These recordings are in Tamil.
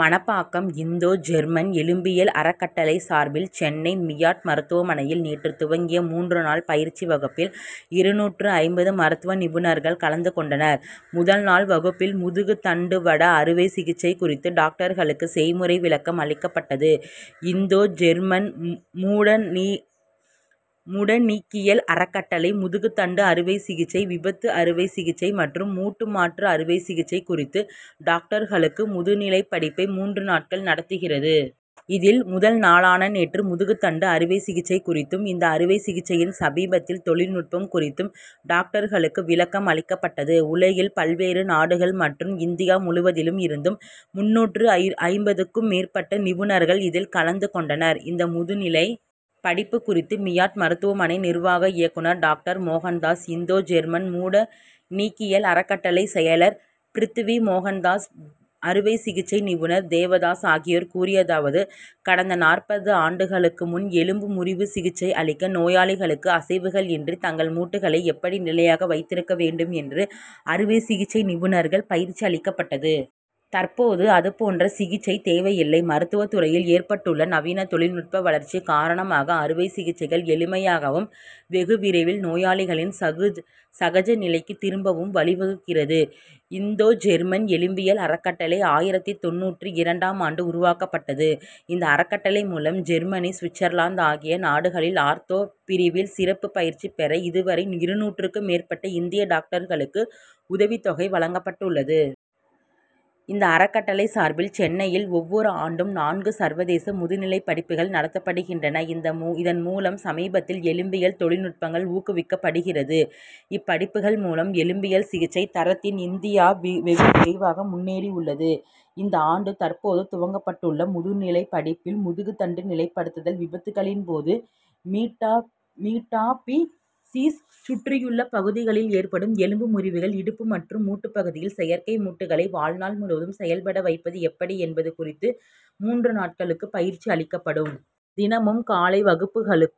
மணப்பாக்கம்: இந்தோ ஜெர்மன் எலும்பியல் அறக்கட்டளை சார்பில் சென்னை, மியாட் மருத்துவமனையில் நேற்று துவங்கிய மூன்று நாள் பயிற்சி வகுப்பில் இருநூற்று ஐம்பது மருத்துவ நிபுணர்கள் கலந்து கொண்டனர். முதல் நாள் வகுப்பில் முதுகுத்தண்டுவட அறுவை சிகிச்சை குறித்து டாக்டர்களுக்கு செய்முறை விளக்கம் அளிக்கப்பட்டது. இந்தோ ஜெர்மன் முடநீக்கியல் அறக்கட்டளை, முதுகுத்தண்டு அறுவை சிகிச்சை, விபத்து அறுவை சிகிச்சை மற்றும் மூட்டு மாற்று அறுவை சிகிச்சை குறித்து டாக்டர்களுக்கு முதுநிலை படிப்பை மூன்று நாட்கள் நடத்துகிறது. இதில், முதல் நாளான நேற்று முதுகுத்தண்டு அறுவை சிகிச்சை குறித்தும், இந்த அறுவை சிகிச்சையில் சமீபத்திய தொழில்நுட்பம் குறித்தும் டாக்டர்களுக்கு விளக்கம் அளிக்கப்பட்டது. உலகின் பல்வேறு நாடுகள் மற்றும் இந்தியா முழுவதிலும் இருந்தும் முந்நூற்று ஐம்பதுக்கும் மேற்பட்ட நிபுணர்கள் இதில் கலந்து கொண்டனர். இந்த முதுநிலை படிப்பு குறித்து மியாட் மருத்துவமனை நிர்வாக இயக்குனர் டாக்டர் மோகன்தாஸ், இந்தோ ஜெர்மன் முடநீக்கியல் அறக்கட்டளை செயலர் பிருத்வி மோகன்தாஸ், அறுவை சிகிச்சை நிபுணர் தேவதாஸ் ஆகியோர் கூறியதாவது:கடந்த நாற்பது ஆண்டுகளுக்கு முன் எலும்பு முறிவு சிகிச்சை அளிக்க, நோயாளிகள் அசைவுகள் இன்றி தங்கள் மூட்டுக்களை எப்படி நிலையாக வைத்திருக்க வேண்டும் என்று அறுவை சிகிச்சை நிபுணர்களுக்கு பயிற்சி அளிக்கப்பட்டது. தற்போது அதுபோன்ற சிகிச்சை தேவையில்லை. மருத்துவ துறையில் ஏற்பட்டுள்ள நவீன தொழில்நுட்ப வளர்ச்சி காரணமாக, அறுவை சிகிச்சைகள் எளிமையாகவும், வெகு விரைவில் நோயாளிகள் சகஜ நிலைக்கு திரும்பவும் வழிவகுக்கிறது. இந்தோ ஜெர்மன் எலும்பியல் அறக்கட்டளை ஆயிரத்து தொண்ணூற்று இரண்டாம் ஆண்டு உருவாக்கப்பட்டது. இந்த அறக்கட்டளை மூலம் ஜெர்மனி, சுவிட்சர்லாந்து ஆகிய நாடுகளில் ஆர்தோ பிரிவில் சிறப்பு பயிற்சி பெற இதுவரை இருநூற்றுக்கும் மேற்பட்ட இந்திய டாக்டர்களுக்கு உதவித் தொகை வழங்கப்பட்டுள்ளது. இந்த அறக்கட்டளை சார்பில் சென்னையில் ஒவ்வொரு ஆண்டும் நான்கு சர்வதேச முதுநிலை படிப்புகள் நடத்தப்படுகின்றன. இதன் மூலம் சமீபத்திய எலும்பியல் தொழில்நுட்பங்கள் ஊக்குவிக்கப்படுகிறது. இப்படிப்புகள் மூலம் எலும்பியல் சிகிச்சை தரத்தில் இந்தியா வெகு விரைவாக முன்னேறியுள்ளது. இந்த ஆண்டு, தற்போது துவங்கப்பட்டுள்ள முதுநிலை படிப்பில், முதுகுத்தண்டு நிலைப்படுத்துதல், விபத்துகளின் போது மீட்டாபிசீஸ் சுற்றியுள்ள பகுதிகளில் ஏற்படும் எலும்பு முறிவுகள், இடுப்பு மற்றும் மூட்டு பகுதிகளில் செயற்கை மூட்டுக்களை வாழ்நாள் முழுவதும் செயல்பட வைப்பது எப்படி என்பது குறித்து மூன்று நாட்களுக்கு பயிற்சி அளிக்கப்படும். தினமும் காலை வகுப்புகளும்,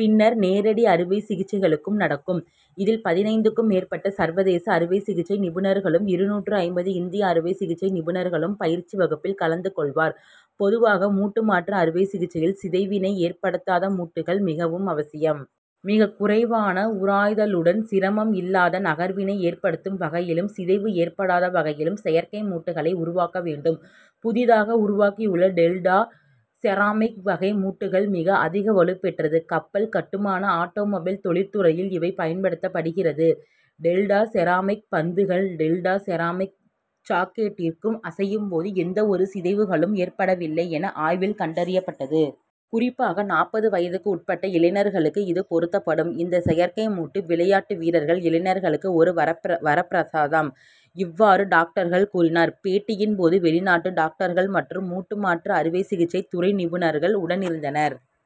பின்னர் நேரடி அறுவை சிகிச்சைகளும் நடக்கும். இதில், பதினைந்துக்கும் மேற்பட்ட சர்வதேச அறுவை சிகிச்சை நிபுணர்களும், இருநூற்று ஐம்பது இந்திய அறுவை சிகிச்சை நிபுணர்களும் பயிற்சி வகுப்பில் கலந்து கொள்வர். பொதுவாக மூட்டு மாற்று அறுவை சிகிச்சையில் சிதைவினை ஏற்படுத்தாத மூட்டுக்கள் மிக அவசியம். மிக குறைவான உராய்தலுடன், சிரமம் இல்லாத நகர்வினை ஏற்படுத்தும் வகையிலும், சிதைவு ஏற்படாத வகையிலும் செயற்கை மூட்டுக்களை உருவாக்க வேண்டும். புதிதாக உருவாகியுள்ள "டெல்டா செராமிக்' வகை மூட்டுக்கள் மிக அதிக வலுபெற்றது. கப்பல் கட்டுமானம், ஆட்டோமொபைல் தொழிற்துறையில் இவை பயன்படுத்தப்படுகின்றன. டெல்டா செராமிக் பந்துகள், டெல்டா செராமிக் சாக்கெட்டிற்குள் அசையும் போது, எந்த ஒரு சிதைவுகளும் ஏற்படவில்லை என்று ஆய்வில் கண்டறியப்பட்டது. குறிப்பாக, நாற்பது வயதுக்குட்பட்ட இளைஞர்களுக்கு இது பொருத்தப்பட்டது. இந்த செயற்கை மூட்டு, விளையாட்டு வீரர்கள், இளைஞர்களுக்கு ஒரு வரப்பிரசாதம். இவ்வாறு டாக்டர்கள் கூறினர். பேட்டியின் போது வெளிநாட்டு டாக்டர்கள் மற்றும் மூட்டு மாற்று அறுவை சிகிச்சை துறை நிபுணர்கள் உடனிருந்தனர்.